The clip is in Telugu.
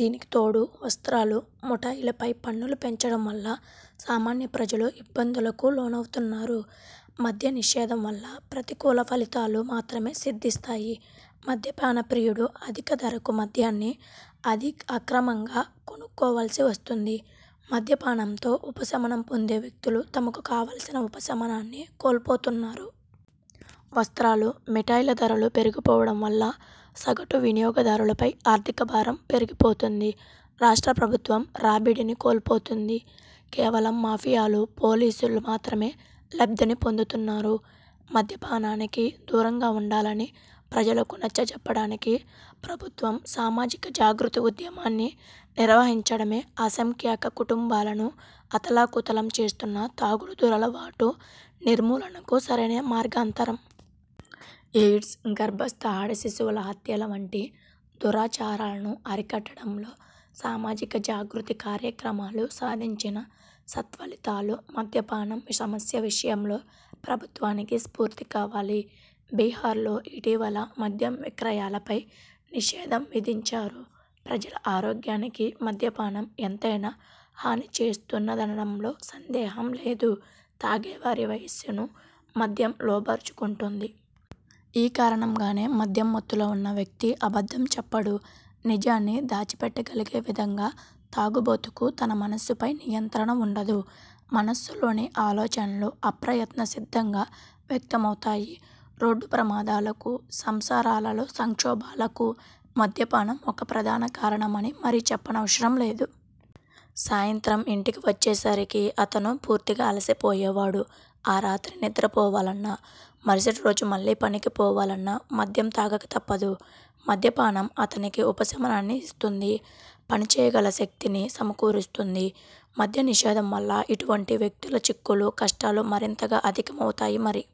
దీనికి తోడు వస్త్రాలు, మిఠాయిలపై పన్నులు పెంచడం వల్ల సామాన్య ప్రజలు ఇబ్బందులకు లోనవుతున్నారు. మద్య నిషేధం వల్ల ప్రతికూల ఫలితాలు మాత్రమే సిద్ధిస్తాయి. మద్యపాన ప్రియుడు అధిక ధరకు మద్యాన్ని, అదీ అక్రమంగా కొనుక్కోవలసి వస్తుంది. మద్య పానంతో ఉపశమనం పొందే వ్యక్తులు, తమకు కావలసిన ఉపశమనాన్ని కోల్పోతున్నారు. వస్త్రాలు, మిఠాయిల ధరలు పెరిగిపోవడం వల్ల సగటు వినియోగదారుపై ఆర్థిక భారం పెరిగిపోతోంది. రాష్ట్ర ప్రభుత్వం రాబడిని కోల్పోతోంది. కేవలం మాఫియాలు, పోలీసులు మాత్రమే లబ్ధిని పొందుతున్నారు. మద్యపానానికి దూరంగా వుండాలని ప్రజలకు నచ్చచెప్పడానికి ప్రభుత్వం సామాజిక జాగృతి ఉద్యమాన్ని నిర్వహించడమే అసంఖ్యాక కుటుంబాలను అతలాకుతలం చేస్తున్న తాగుడు దురలవాటు నిర్మూలనకు సరైన మార్గాంతరం. ఎయిడ్స్, గర్భస్థ ఆడ శిశువుల హత్యల వంటి దురాచారాలను అరికట్టడంలో సామాజిక జాగృతి కార్యక్రమాలు సాధించిన సత్ఫలితాలు మద్యపానం సమస్య విషయంలో ప్రభుత్వానికి స్ఫూర్తి కావాలి. బిహార్లో ఇటీవల మద్యం విక్రయాలపై నిషేధం విధించారు. ప్రజల ఆరోగ్యానికి మద్యపానం ఎంతైనా హానిచేస్తుందనడంలో సందేహం లేదు. తాగేవారి మనస్సును మద్యం లోబరుచుకొంటుంది. ఈ కారణంగానే మద్యం మత్తులో వున్న వ్యక్తి అబద్ధం చెప్పడు. నిజాన్ని దాచిపెట్టగలిగే విధంగా తాగుబోతుకు తన మనస్సుపై నియంత్రణ వుండదు. మనస్సులోని ఆలోచనలు అప్రయత్న సిద్ధంగా వ్యక్తమవుతాయి. రోడ్డు ప్రమాదాలకు, సంసారాలలో సంక్షోభాలకు మద్య పానం ఒక ప్రధాన కారణమని మరి చెప్పనవసరం లేదు. సాయంత్రం ఇంటికి తిరిగివచ్చే సరికి అతను పూర్తిగా అలసిపోయేవాడు. ఆ రాత్రి నిద్ర పోవాలన్నా, మరుసటి రోజు మళ్ళీ పనికి పోవాలన్నా మద్యం తాగక తప్పదు. మద్యపానం అతనికి ఉపశమనాన్ని ఇస్తుంది. పనిచేయగల శక్తినీ సమకూరుస్తుంది. మద్య నిషేధం వల్ల ఇటువంటి వ్యక్తుల చిక్కులు, కష్టాలు మరింతగా అధికమవుతాయి మరి.